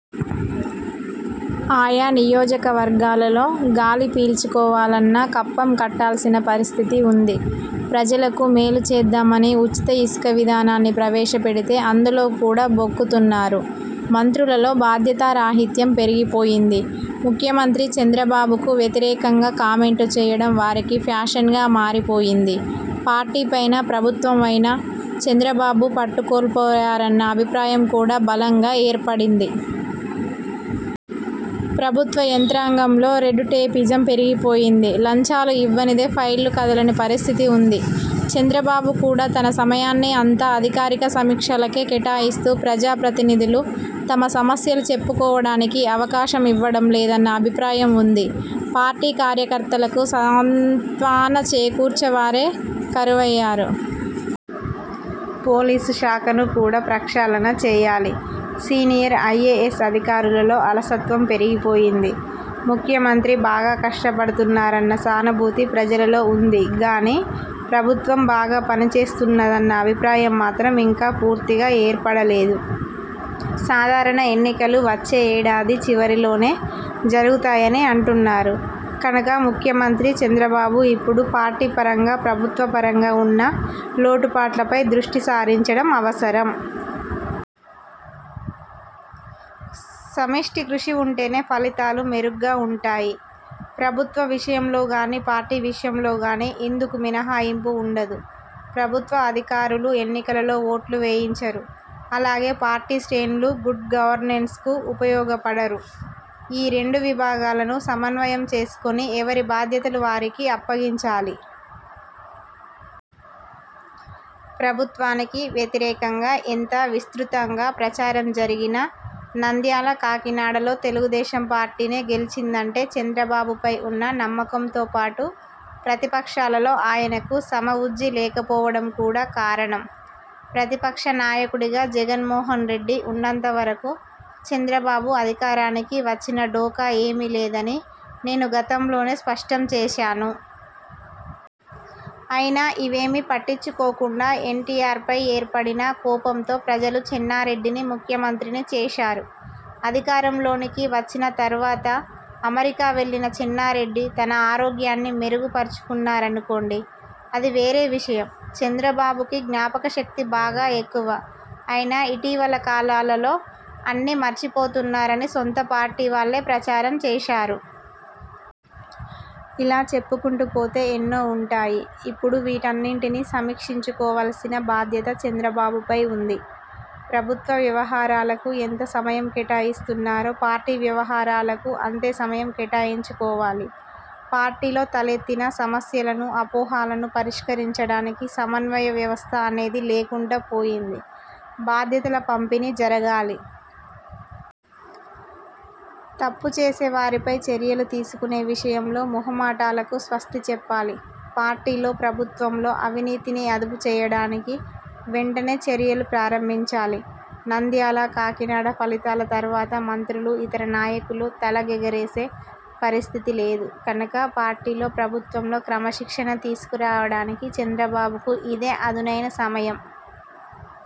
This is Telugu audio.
ఆయా నియోజకవర్గాలలో గాలి పీల్చుకోవాలన్నా కప్పం కట్టాల్సిన పరిస్థితి ఉంది. ప్రజలకు మేలు చేద్దామని ఉచిత ఇసుక విధానాన్ని ప్రవేశపెడితే అందులో కూడా బొక్కుతున్నారు. మంత్రులలో బాధ్యతారాహిత్యం పెరిగిపోయింది. ముఖ్యమంత్రి చంద్రబాబుకు వ్యతిరేకంగా కామెంట్లు చేయడం వారికి ఫ్యాషన్గా మారిపోయింది. పార్టీపైన, ప్రభుత్వంపైన చంద్రబాబు పట్టు కోల్పోయారన్న అభిప్రాయం కూడా బలంగా ఏర్పడింది. ప్రభుత్వ యంత్రాంగంలో రెడ్ టేపిజం పెరిగిపోయింది. లంచాలు ఇవ్వనిదే ఫైళ్లు కదలని పరిస్థితి ఉంది. చంద్రబాబు కూడా తన సమయాన్ని అంతా అధికారిక సమీక్షలకే కేటాయిస్తూ, ప్రజాప్రతినిధులు తమ సమస్యలు చెప్పుకోవడానికి అవకాశం ఇవ్వడం లేదన్న అభిప్రాయం ఉంది. పార్టీ కార్యకర్తలకు సాంత్వన చేకూర్చేవారే కరువయ్యారు. పోలీసు శాఖను కూడా ప్రక్షాళన చేయాలి. సీనియర్ ఐఏఎస్ అధికారులలో అలసత్వం పెరిగిపోయింది. ముఖ్యమంత్రి బాగా కష్టపడుతున్నారన్న సానుభూతి ప్రజలలో ఉంది గానీ, ప్రభుత్వం బాగా పనిచేస్తున్నదన్న అభిప్రాయం మాత్రం ఇంకా పూర్తిగా ఏర్పడలేదు. సాధారణ ఎన్నికలు వచ్చే ఏడాది చివరిలోనే జరుగుతాయని అంటున్నారు కనుక, ముఖ్యమంత్రి చంద్రబాబు ఇప్పుడు పార్టీపరంగా, ప్రభుత్వపరంగా ఉన్న లోటుపాట్లపై దృష్టి సారించడం అవసరం. సమష్టి కృషి ఉంటేనే ఫలితాలు మెరుగ్గా ఉంటాయి. ప్రభుత్వ విషయంలో గానీ, పార్టీ విషయంలో గానీ ఇందుకు మినహాయింపు ఉండదు. ప్రభుత్వ అధికారులు ఎన్నికలలో ఓట్లు వేయించరు. అలాగే పార్టీ శ్రేణులు గుడ్ గవర్నెన్స్కు ఉపయోగపడరు. ఈ రెండు విభాగాలను సమన్వయం చేసుకుని ఎవరి బాధ్యతలు వారికి అప్పగించాలి. ప్రభుత్వానికి వ్యతిరేకంగా ఎంత విస్తృతంగా ప్రచారం జరిగినా నంద్యాల, కాకినాడలో తెలుగుదేశం పార్టీనే గెలిచిందంటే చంద్రబాబుపై ఉన్న నమ్మకంతో పాటు ప్రతిపక్షాలలో ఆయనకు సమఉజ్జీ లేకపోవడం కూడా కారణం. ప్రతిపక్ష నాయకుడిగా జగన్మోహన్రెడ్డి ఉన్నంతవరకు చంద్రబాబు అధికారానికి వచ్చిన ఢోకా ఏమీ లేదని నేను గతంలోనే స్పష్టంచేశాను. అయినా ఇవేవీ పట్టించుకోకుండా ఎన్టీఆర్పై ఏర్పడిన కోపంతో ప్రజలు చెన్నారెడ్డిని ముఖ్యమంత్రిని చేశారు. అధికారంలోకి వచ్చిన తర్వాత అమెరికా వెళ్లిన చెన్నారెడ్డి తన ఆరోగ్యాన్ని మెరుగుపర్చుకున్నారనుకోండి. అది వేరే విషయం! చంద్రబాబుకు జ్ఞాపకశక్తి బాగా ఎక్కువ. అయినా ఇటీవలకాలంలో అన్నీ మర్చిపోతున్నారని సొంత పార్టీ వాళ్లే ప్రచారం చేశారు. ఇలా చెప్పుకొంటూ పోతే ఎన్నో ఉంటాయి. ఇప్పుడు వీటన్నింటినీ సమీక్షించుకోవలసిన బాధ్యత చంద్రబాబుపై ఉంది. ప్రభుత్వ వ్యవహారాలకు ఎంత సమయం కేటాయిస్తున్నారో, పార్టీ వ్యవహారాలకు అంతే సమయం కేటాయించుకోవాలి. పార్టీలో తలెత్తిన సమస్యలను, అపోహలను పరిష్కరించడానికి సమన్వయ వ్యవస్థ అనేది లేకుండా పోయింది. బాధ్యతల పంపిణీ జరగాలి. తప్పు చేసేవారిపై చర్యలు తీసుకునే విషయంలో మొహమాటాలకు స్వస్తి చెప్పాలి. పార్టీలో, ప్రభుత్వంలో అవినీతిని అదుపు చేయడానికి వెంటనే చర్యలు ప్రారంభించాలి. నంద్యాల, కాకినాడ ఫలితాల తర్వాత మంత్రులు, ఇతర నాయకులు తలెగరేసే పరిస్థితి లేదు కనుక పార్టీలో, ప్రభుత్వంలో క్రమశిక్షణ తీసుకురావడానికి చంద్రబాబుకు ఇదే అదునైన సమయం.